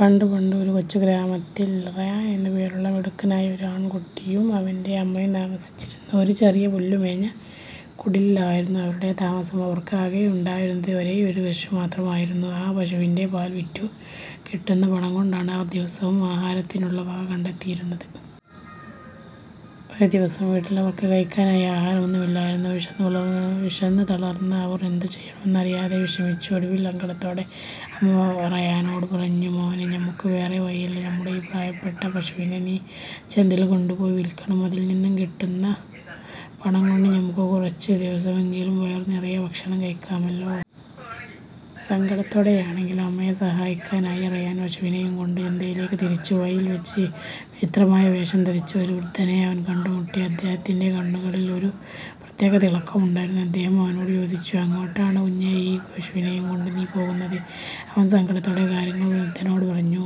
പണ്ട് പണ്ട്, ഒരു കൊച്ചു ഗ്രാമത്തിൽ റയാൻ എന്നു പേരുള്ള മിടുക്കനായ ഒരു ആൺകുട്ടിയും അവന്റെ അമ്മയും താമസിച്ചിരുന്നു. ഒരു ചെറിയ പുല്ലുമേഞ്ഞ കുടിലിലായിരുന്നു അവരുടെ താമസം. അവർക്ക് ആകെയുണ്ടായിരുന്നത് ഒരേയൊരു പശു മാത്രമായിരുന്നു. ആ പശുവിന്റെ പാൽ വിറ്റു കിട്ടുന്ന പണം കൊണ്ടാണ് അവർ ദിവസവും ആഹാരത്തിനുള്ള വക കണ്ടെത്തിയിരുന്നത്. ഒരു ദിവസം വീട്ടിൽ അവർക്ക് കഴിക്കാനായി ആഹാരം ഒന്നുമില്ലായിരുന്നു. വിശന്നു തളർന്ന അവർ എന്തു ചെയ്യണമെന്നറിയാതെ വിഷമിച്ചു. ഒടുവിൽ സങ്കടത്തോടെ അമ്മ റയാനോട് പറഞ്ഞു: "മോനേ, നമുക്ക് വേറെ വഴിയില്ല. നമ്മുടെ ഈ പ്രിയപ്പെട്ട പശുവിനെ നീ ചന്തയിൽ കൊണ്ടുപോയി വിൽക്കണം. അതിൽ നിന്ന് കിട്ടുന്ന പണം കൊണ്ട് നമുക്ക് കുറച്ചു ദിവസമെങ്കിലും വയറുനിറയെ ഭക്ഷണം കഴിക്കാമല്ലോ. " സങ്കടത്തോടെയാണെങ്കിലും അമ്മയെ സഹായിക്കാനായി റയാൻ പശുവിനെയും കൊണ്ട് ചന്തയിലേക്ക് തിരിച്ചു. വഴിയിൽവച്ച് വിചിത്രമായ വേഷം ധരിച്ച ഒരു വൃദ്ധനെ അവൻ കണ്ടുമുട്ടി. അദ്ദേഹത്തിന്റെ കണ്ണുകളിൽ ഒരു പ്രത്യേക തിളക്കമുണ്ടായിരുന്നു. അദ്ദേഹം അവനോട് ചോദിച്ചു: "എങ്ങോട്ടാണ് കുഞ്ഞേ, ഈ പശുവിനെയും കൊണ്ട് നീ പോകുന്നത്? " അവൻ സങ്കടത്തോടെ കാര്യങ്ങളെല്ലാം വൃദ്ധനോട് പറഞ്ഞു.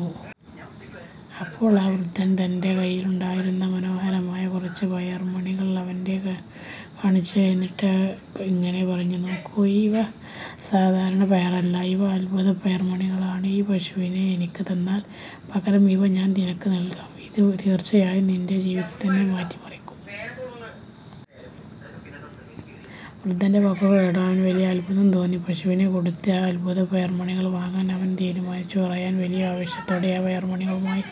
അപ്പോൾ ആ വൃദ്ധൻ തന്റെ കയ്യിലുണ്ടായിരുന്ന മനോഹരമായ കുറച്ച് പയർമണികൾ അവനെ കാണിച്ചു. എന്നിട്ട് ഇങ്ങനെ പറഞ്ഞു: "നോക്കൂ, ഇവ സാധാരണ പയറല്ല, ഇവ അത്ഭുത പയർമണികളാണ്. ഈ പശുവിനെ എനിക്ക് തന്നാൽ, പകരം ഇവ ഞാൻ നിനക്ക് നൽകാം. ഇത് തീർച്ചയായും നിന്റെ ജീവിതം തന്നെ മാറ്റിമറിക്കും. " വൃദ്ധന്റെ വാക്കുകൾ കേട്ടപ്പോൾ അവന് വലിയ അത്ഭുതം തോന്നി. പശുവിനെ കൊടുത്ത് ആ അത്ഭുത പയർമണികൾ വാങ്ങാൻ അവൻ തീരുമാനിച്ചു. റയാൻ വലിയ ആവേശത്തോടെ ആ പയർമണികളുമായി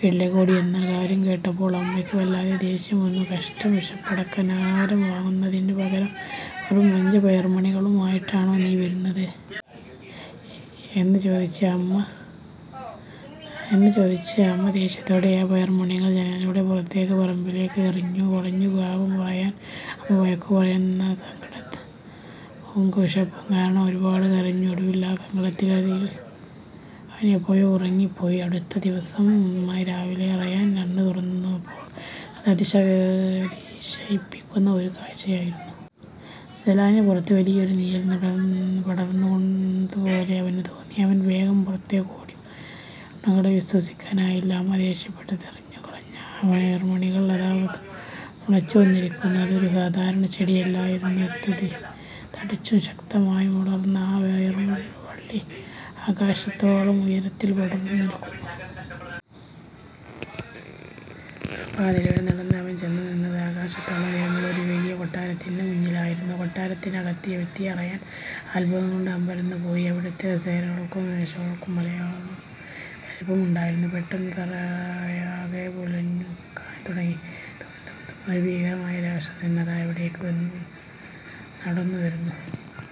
വീട്ടിലേക്ക് ഓടി. എന്നാൽ കാര്യം കേട്ടപ്പോൾ അമ്മയ്ക്ക് വല്ലാതെ ദേഷ്യം വന്നു. "കഷ്ടം! വിശപ്പടക്കാൻ ആഹാരം വാങ്ങുന്നതിന് പകരം വെറും അഞ്ച് പയർമണികളുമായാണോ നീ വരുന്നത്? " എന്ന് ചോദിച്ച് അമ്മ ദേഷ്യത്തോടെ ആ പയർമണികൾ ജനലിലൂടെ പുറത്തെ പറമ്പിലേക്ക് എറിഞ്ഞു കളഞ്ഞു. പാവം റയാൻ! അമ്മ വഴക്കു പറഞ്ഞ സങ്കടവും വിശപ്പും കാരണം ഒരുപാട് കരഞ്ഞു. ഒടുവിൽ, ആ സങ്കടത്തിനിടയിൽ അവൻ എപ്പോഴോ ഉറങ്ങിപ്പോയി. അടുത്ത ദിവസം രാവിലെ റയാൻ കണ്ണ് തുറന്നപ്പോൾ കണ്ടത് അതിശയിപ്പിക്കുന്ന ഒരു കാഴ്ചയായിരുന്നു! ജനലിന് പുറത്ത് വലിയൊരു നിഴൽ പടർന്നതുപോലെ അവന് തോന്നി. അവൻ വേഗം പുറത്തേക്ക് ഓടി. റയാന് തന്റെ കണ്ണുകളെ വിശ്വസിക്കാനായില്ല. അമ്മ ദേഷ്യപ്പെട്ട് എറിഞ്ഞുകളഞ്ഞ ആ പയർമണികൾ അതാ മുളച്ചു വന്നിരിക്കുന്നു. അതൊരു സാധാരണ ചെടിയല്ലായിരുന്നു. തടിച്ചും ശക്തമായും വളർന്ന ആ പയർവള്ളി ആകാശത്തോളം ഉയരത്തിൽ പടർന്നു നിൽക്കുന്നു. ആ പാതയിലൂടെ നടന്ന അവൻ ചെന്നു നിന്നത് ആകാശത്തോളം ഉയരമുള്ള ഒരു വലിയ കൊട്ടാരത്തിന് മുന്നിലാണ്. കൊട്ടാരത്തിനകത്ത് എത്തിയ റയാൻ അത്ഭുതം കൊണ്ട് അമ്പരന്നുപോയി. അവിടുത്തെ കസേരകൾക്കും മേശകൾക്കും മലയോളം വലിപ്പമുണ്ടായിരുന്നു. പെട്ടെന്ന് തറയാകെ കുലുങ്ങാൻ തുടങ്ങി. ധും! ധും! ധും! ഒരു ഭീകരനായ രാക്ഷസൻ അതാ അവിടേക്ക് നടന്നുവരുന്നു!